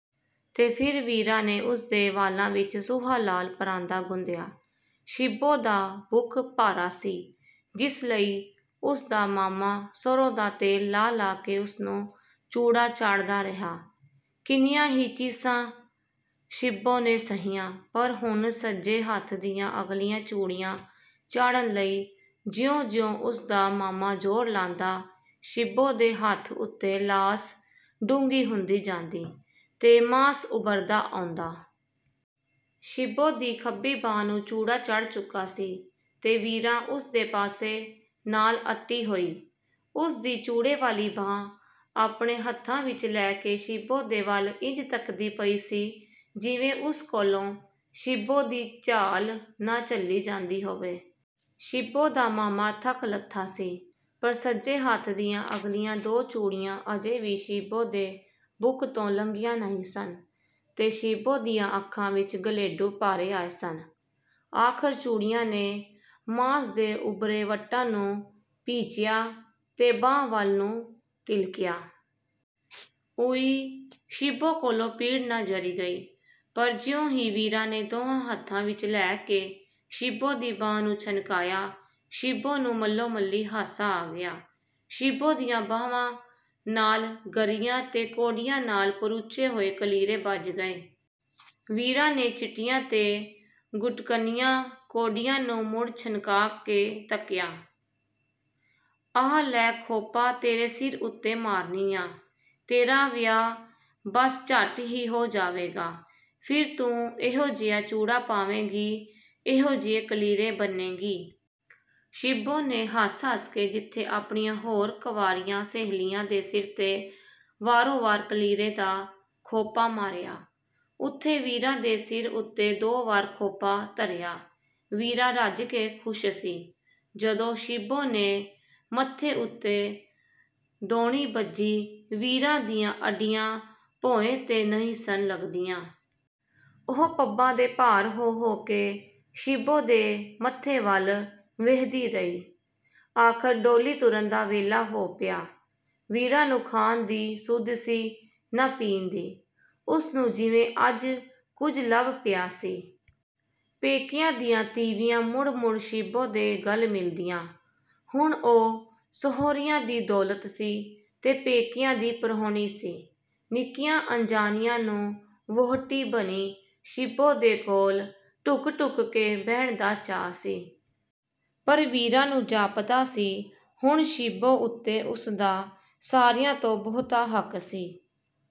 ਤੇ ਫਿਰ ਵੀਰਾਂ ਨੇ ਉਸ ਦੇ ਵਾਲਾਂ ਵਿੱਚ ਸੂਹਾ ਲਾਲ ਪਰਾਂਦਾ ਗੁੰਦਿਆ। ਸ਼ਿੱਬੋ ਦਾ ਬੁੱਕ ਭਾਰਾ ਸੀ, ਜਿਸ ਲਈ ਉਸ ਦਾ ਮਾਮਾ ਸਰ੍ਹੋਂ ਦਾ ਤੇਲ ਲਾ-ਲਾ ਕੇ ਉਸ ਨੂੰ ਚੂੜਾ ਚਾੜ੍ਹਦਾ ਰਿਹਾ। ਕਿੰਨੀਆਂ ਹੀ ਚੀਸਾਂ ਸ਼ਿੱਬੋ ਨੇ ਸਹੀਆਂ, ਪਰ ਹੁਣ ਸੱਜੇ ਹੱਥ ਦੀਆਂ ਅਗਲੀਆਂ ਚੂੜੀਆਂ ਚਾੜ੍ਹਨ ਲਈ ਜਿਉਂ-ਜਿਉਂ ਉਸ ਦਾ ਮਾਮਾ ਜ਼ੋਰ ਲਾਂਦਾ, ਸ਼ਿੱਬੋ ਦੇ ਹੱਥ ਉੱਤੇ ਲਾਸ ਡੂੰਘੀ ਹੁੰਦੀ ਜਾਂਦੀ ਤੇ ਮਾਸ ਉੱਭਰਦਾ ਆਉਂਦਾ। ਸ਼ਿੱਬੋ ਦੀ ਖੱਬੀ ਬਾਂਹ ਨੂੰ ਚੂੜਾ ਚੜ੍ਹ ਚੁੱਕਾ ਸੀ ਤੇ ਵੀਰਾਂ ਉਸ ਦੇ ਪਾਸੇ ਨਾਲ ਅੱਟੀ ਹੋਈ, ਉਸ ਦੀ ਚੂੜੇ ਵਾਲੀ ਬਾਂਹ ਆਪਣੇ ਹੱਥਾਂ ਵਿੱਚ ਲੈ ਕੇ ਸ਼ਿੱਬੋ ਦੇ ਵੱਲ ਇੰਝ ਤੱਕਦੀ ਪਈ ਸੀ, ਜਿਵੇਂ ਉਸ ਕੋਲੋਂ ਸ਼ਿੱਬੋ ਦੀ ਝਾਲ ਨਾ ਝੱਲੀ ਜਾਂਦੀ ਹੋਵੇ। ਸ਼ਿੱਬੋ ਦਾ ਮਾਮਾ ਥੱਕ-ਲੱਥਾ ਸੀ, ਪਰ ਸੱਜੇ ਹੱਥ ਦੀਆਂ ਅਗਲੀਆਂ ਦੋ ਚੂੜੀਆਂ ਅਜੇ ਵੀ ਸ਼ਿੱਬੋ ਦੇ ਬੁੱਕ ਤੋਂ ਲੰਘੀਆਂ ਨਹੀਂ ਸਨ ਤੇ ਸ਼ਿੱਬੋ ਦੀਆਂ ਅੱਖਾਂ ਵਿੱਚ ਗਲੇਡੂ ਭਰ ਆਏ ਸਨ। ਆਖ਼ਰ ਚੂੜੀਆਂ ਨੇ ਮਾਸ ਦੇ ਉੱਭਰੇ ਵੱਟਾਂ ਨੂੰ ਪੀਚਿਆ ਤੇ ਬਾਂਹ ਵੱਲ ਨੂੰ ਤਿਲਕੀਆਂ। “ਉਈ...” ਸ਼ਿੱਬੋ ਕੋਲੋਂ ਪੀੜ ਨਾ ਜਰੀ ਗਈ, ਪਰ ਜਿਉਂ ਹੀ ਵੀਰਾਂ ਨੇ ਦੋਹਾਂ ਹੱਥਾਂ ਵਿੱਚ ਲੈ ਕੇ ਸ਼ਿੱਬੋ ਦੀ ਬਾਂਹ ਨੂੰ ਛਣਕਾਇਆ, ਸ਼ਿੱਬੋ ਨੂੰ ਮੱਲੋ-ਮੱਲੀ ਹਾਸਾ ਆ ਗਿਆ। ਸ਼ਿੱਬੋ ਦੀਆਂ ਬਾਂਹਵਾਂ ਨਾਲ ਗਰੀਆਂ ਤੇ ਕੌਡੀਆਂ ਨਾਲ ਪਰੁਚੇ ਹੋਏ ਕਲੀਰੇ ਬੱਝ ਗਏ। ਵੀਰਾਂ ਨੇ ਚਿੱਟੀਆਂ ਤੇ ਗੁੱਟਕਣੀਆਂ ਕੌਡੀਆਂ ਨੂੰ ਮੁੜ ਛਣਕਾ ਕੇ ਤੱਕਿਆ। “ਆਹ ਲੈ ਖੋਪਾ ਤੇਰੇ ਸਿਰ ਉੱਤੇ ਮਾਰਨੀ ਆਂ। ਤੇਰਾ ਵਿਆਹ ਬੱਸ ਝੱਟ ਹੀ ਹੋ ਜਾਵੇਗਾ। ਫਿਰ ਤੂੰ ਇਹੋ-ਜਿਹਾ ਚੂੜਾ ਪਾਵੇਂਗੀ, ਇਹੋ ਜਿਹੇ ਕਲੀਰੇ ਬੰਨ੍ਹੇਂਗੀ।” ਸ਼ਿੱਬੋ ਨੇ ਹੱਸ-ਹੱਸ ਕੇ ਜਿੱਥੇ ਆਪਣੀਆਂ ਹੋਰ ਕੰਵਾਰੀਆਂ ਸਹੇਲੀਆਂ ਦੇ ਸਿਰ 'ਤੇ ਵਾਰੋ-ਵਾਰ ਕਲੀਰੇ ਦਾ ਖੋਪਾ ਮਾਰਿਆ, ਉੱਥੇ ਵੀਰਾਂ ਦੇ ਸਿਰ ਉੱਤੇ ਦੋ ਵਾਰ ਖੋਪਾ ਧਰਿਆ। ਵੀਰਾਂ ਰੱਜ ਕੇ ਖੁਸ਼ ਸੀ। ਜਦੋਂ ਸ਼ਿੱਬੋ ਨੇ ਮੱਥੇ ਉੱਤੇ ਦੌਣੀ ਬੱਝੀ, ਵੀਰਾਂ ਦੀਆਂ ਅੱਡੀਆਂ ਭੋਏਂ 'ਤੇ ਨਹੀਂ ਸਨ ਲੱਗਦੀਆਂ। ਉਹ ਪੱਬਾਂ ਦੇ ਭਾਰ ਹੋ-ਹੋ ਕੇ ਸ਼ਿੱਬੋ ਦੇ ਮੱਥੇ ਵੱਲ ਵੇਂਹਦੀ ਰਹੀ। ਆਖ਼ਰ ਡੋਲੀ ਤੁਰਨ ਦਾ ਵੇਲਾ ਹੋ ਪਿਆ। ਵੀਰਾਂ ਨੂੰ ਖਾਣ ਦੀ ਸੁੱਧ ਸੀ ਨਾ ਪੀਣ ਦੀ। ਉਸ ਨੂੰ ਜਿਵੇਂ ਅੱਜ ਕੁਝ ਲੱਭ ਪਿਆ ਸੀ। ਪੇਕਿਆਂ ਦੀਆਂ ਤੀਵੀਆਂ ਮੁੜ-ਮੁੜ ਸ਼ਿੱਬੋ ਦੇ ਗਲ ਮਿਲਦੀਆਂ। ਹੁਣ ਉਹ ਸਹੁਰਿਆਂ ਦੀ ਦੌਲਤ ਸੀ ਤੇ ਪੇਕਿਆਂ ਦੀ ਪ੍ਰਾਹੁਣੀ ਸੀ। ਨਿੱਕਿਆਂ ਅੰਜਾਣਿਆਂ ਨੂੰ ਵਹੁਟੀ ਬਣੀ ਸ਼ਿੱਬੋ ਦੇ ਕੋਲ ਢੁਕ-ਢੁਕ ਕੇ ਬਹਿਣ ਦਾ ਚਾਅ ਸੀ। ਪਰ ਵੀਰਾਂ ਨੂੰ ਜਾਪਦਾ ਸੀ, ਹੁਣ ਸ਼ਿੱਬੋ ਉੱਤੇ ਉਸ ਦਾ ਸਾਰਿਆਂ ਤੋਂ ਬਹੁਤਾ ਹੱਕ ਸੀ।